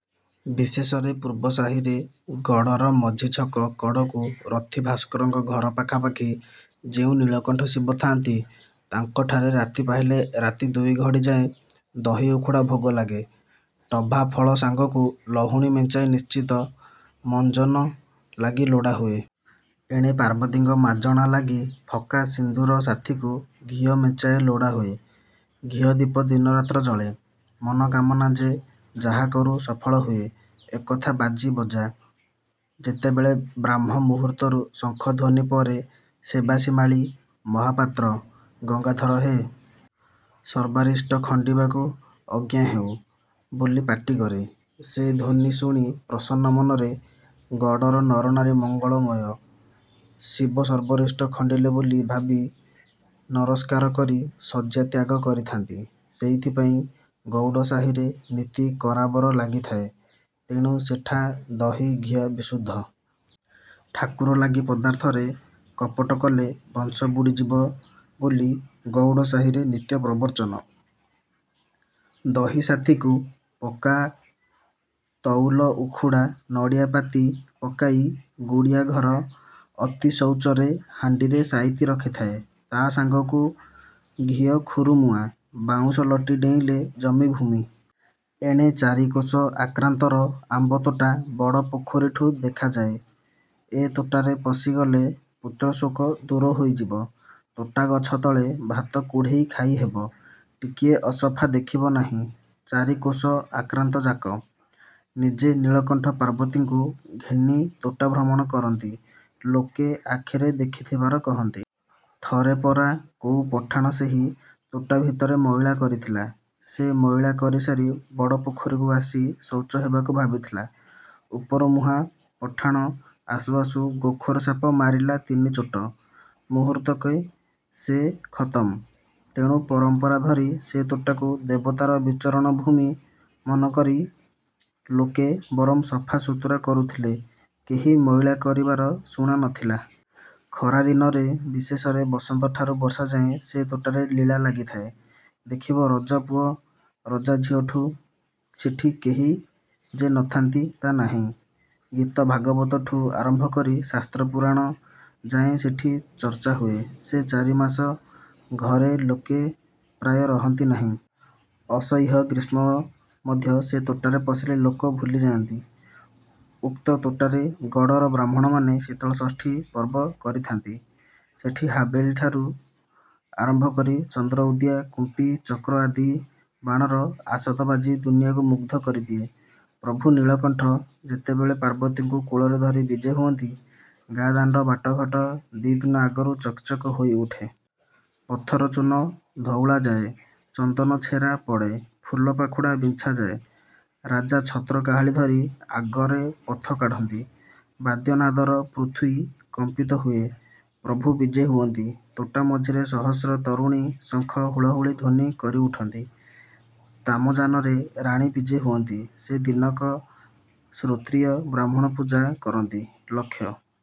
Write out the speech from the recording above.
ବିଶେଷରେ ପୂର୍ବ ସାହିରେ ଗଡ଼ର ମଝି ଛକ କଡ଼କୁ ରଥୀ ଭାସ୍କରଙ୍କ ଘର ପାଖାପାଖି ଯେଉଁ ନୀଳକଣ୍ଠ ଶିବ ଥାନ୍ତି, ତାଙ୍କଠାରେ ରାତି ପାହିଲେ ରାତି ଦୁଇଘଡ଼ି ଯାଏ ଦହି ଉଖୁଡ଼ା ଭୋଗ ଲାଗେ। ଟଭା ଫଳ ସାଙ୍ଗକୁ ଲହୁଣୀ ମେଞ୍ଚାଏ ନିଶ୍ଚିୟ ମଞ୍ଜନ ଲାଗି ଲୋଡ଼ା ହୁଏ। ଏଣେ ପାର୍ବତୀଙ୍କ ମାଜଣା ଲାଗି ଫକା ସିନ୍ଦୂର ସାଥିକୁ ଘିଅ ମେଞ୍ଚାଏ ଲୋଡ଼ା ହୁଏ। ଘିଅ ଦୀପ ଦିନରାତ୍ର ଜଳେ। ମନ କାମନା ଯେ ଯାହା କରୁ ସଫଳ ହୁଏ, ଏକଥା ବାଜି ବଜା। ଯେତେବେଳେ ବ୍ରାହ୍ମ ମୂହୁର୍ତ୍ତରୁ ଶଙ୍ଖ ଧ୍ୱନି ପରେ ସେବାସୀ ମାଳୀ ମହାପାତ୍ର ''ଗଙ୍ଗାଧର ହେ! ସର୍ବାରିଷ୍ଟ ଖଣ୍ଡିବାକୁ ଅଜ୍ଞା ହେଉ" ବୋଲି ପାଟିକରେ, ସେ ଧ୍ୱନି ଶୁଣି ପ୍ରସନ୍ନ ମନରେ ଗଡ଼ର ନରନାରୀ ମଙ୍ଗଳମୟ। ଶିବ ସର୍ବରିଷ୍ଟ ଖଣ୍ଡିଲେ ବୋଲି ଭାବି ନରସ୍କାର କରି ଶଯ୍ୟାତ୍ୟାଗ କରିଥାନ୍ତି। ସେଇଥିପାଇଁ ଗଉଡ଼ ସାହିରେ ନିତି କରାବର ଲାଗିଥାଏ। ତେଣୁ ସେଠା ଦହି, ଘିଅ ବିଶୁଦ୍ଧ। ଠାକୁର ଲାଗି ପଦାର୍ଥରେ କପଟ କଲେ, ବଂଶ ବୁଡ଼ିଯିବ ବୋଲି ଗଉଡ଼ ସାହିରେ ନିତ୍ୟ ପ୍ରବଚନ। ଦହି ସାଥୀକୁ ପକ୍କା ତଉଲ ଉଖୁଡ଼ା ନଡ଼ିଆ ପାତି ପକାଇ ଗୁଡ଼ିଆ ଘର ଅତି ଶୌଚରେ ହାଣ୍ଡିରେ ସାଇତି ରଖିଥାଏ। ତା ସାଙ୍ଗକୁ ଘିଅ ଖୁରୁମୁଆଁ। ବାଉଁଶ ଲଟି ଡେଇଁଲେ ଜମି ଭୂମି। ଏଣେ ଚାରିକୋଶ ଆକ୍ରାନ୍ତର ଆମ୍ବତୋଟା ବଡ଼ ପୋଖରୀଠୁ ଦେଖାଯାଏ। ଏ ତୋଟାରେ ପଶିଗଲେ ପୁତ୍ରଶୋକ ଦୂର ହୋଇଯିବ। ତୋଟାଗଛ ତଳେ ଭାତ କୁଢ଼େଇ ଖାଇହେବ। ଟିକିଏ ଅସଫା ଦେଖିବ ନାହିଁ—ଚାରି କୋଶ ଆକ୍ରାନ୍ତଯାକ। ନିଜେ ନିଳକଣ୍ଠ ପାର୍ବତୀଙ୍କୁ ଘେନି ତୋଟା ଭ୍ରମଣ କରନ୍ତି, ଲୋକେ ଆଖିରେ ଦେଖିଥିବାର କହନ୍ତି। ଥରେ ପରା କୋଉ ପଠାଣ ସେହି ତୋଟା ଭିତରେ ମଇଳା କରିଥିଲା। ସେ ମଇଳା କରିସାରି ବଡ଼ ପୋଖରୀକୁ ଆସି ଶୌଚ ହେବାକୁ ଭାବିଥିଲା। ଉପରମୁହାଁ ପଠାଣ ଆସୁ ଆସୁ ଗୋଖର ସାପ ମାରିଲା ତିନି ଚୋଟ। ମୁହୂର୍ତ୍ତକେ ସେ ଖତମ। ତେଣୁ ପରମ୍ପରା ଧରି ସେ ତୋଟାକୁ ଦେବତାର ବିଚରଣ ଭୂମି ମନେକରି ଲୋକେ ବରଂ ସଫା ସୁତୁରା କରୁଥିଲେ' କେହି ମଇଳା କରିବାର ଶୁଣା ନ ଥିଲା। ଖରାଦିନରେ ବିଶେଷରେ ବସନ୍ତଠାରୁ ବର୍ଷାଯାଏ ସେ ତୋଟାରେ ଲୀଳା ଲାଗିଥାଏ। ଦେଖିବ ରଜାପୁଅ, ରଜାଝିଅଠୁ ସେଠି କିଏ ଯେ ନ ଥାନ୍ତି, ତା ନାହିଁ। ଗୀତ ଭାଗବତଠୁ ଆରମ୍ଭ କରି ଶାସ୍ତ୍ର ପୁରାଣ ଯାଏ ସେଠି ଚର୍ଚ୍ଚା ହୁଏ। ସେ ଚାରି ମାସ ଘରେ ଲୋକେ ପ୍ରାୟ ରହନ୍ତି ନାହିଁ। ଅସହ୍ୟ ଗ୍ରୀଷ୍ମ ମଧ୍ୟ ସେ ତୋଟାରେ ପଶିଲେ ଲୋକ ଭୁଲିଯାଏ। ଉକ୍ତ ତୋଟାରେ ଗଡ଼ର ବ୍ରାହ୍ମଣମାନେ ଶୀତଳଷଷ୍ଠୀ ପର୍ବ କରିଥାନ୍ତି। ସେଠି ହାବେଳିଠାରୁ ଆରମ୍ଭ କରି ଚନ୍ଦ୍ରଉଦିଆ, କୁମ୍ପି, ଚକ୍ର ଆଦି ବାଣର ଆତସବାଜି ଦୁନିଆକୁ ମୁଗ୍ଧ କରିଦିଏ। ପ୍ରଭୁ ନିଳକଣ୍ଠ ଯେତେବେଳେ ପାର୍ବତୀଙ୍କୁ କୋଳରେ ଧରି ବିଜେ ହୁଅନ୍ତି, ଗାଁ ଦାଣ୍ଡ ବାଟଘାଟ ଦି ଦିନ ଆଗରୁ ଚକ୍ ଚକ୍ ହୋଇଉଠେ। ପଥରେ ଚୂନ ଧଉଳାଯାଏ। ଚନ୍ଦନ ଛେରା ପଡ଼େ, ଫୁଲପାଖୁଡ଼ା ବିଞ୍ଛାଯାଏ। ରାଜା ଛତ୍ର କାହାଳୀ ଧରି ଆଗରେ ପଥ କଢ଼ାନ୍ତି। ବାଦ୍ୟ ନାଦରେ ପୃଥ୍ୱୀ କମ୍ପିତ ହୁଏ। ପ୍ରଭୁ ବିଜେ ହୁଅନ୍ତି। ତୋଟା ମଝିରେ ସହସ୍ର ତରୁଣୀ ଶଙ୍ଖ, ହୁଳହୁଳି ଧ୍ୱନି କରି ଉଠନ୍ତି। ତାମଯାନରେ ରାଣୀ ବିଜେ ହୁଅନ୍ତି। ସେ ଦିନକ ଶ୍ରୋତ୍ରିୟ ବ୍ରାହ୍ମଣ ପୂଜା କରନ୍ତି। ଲକ୍ଷ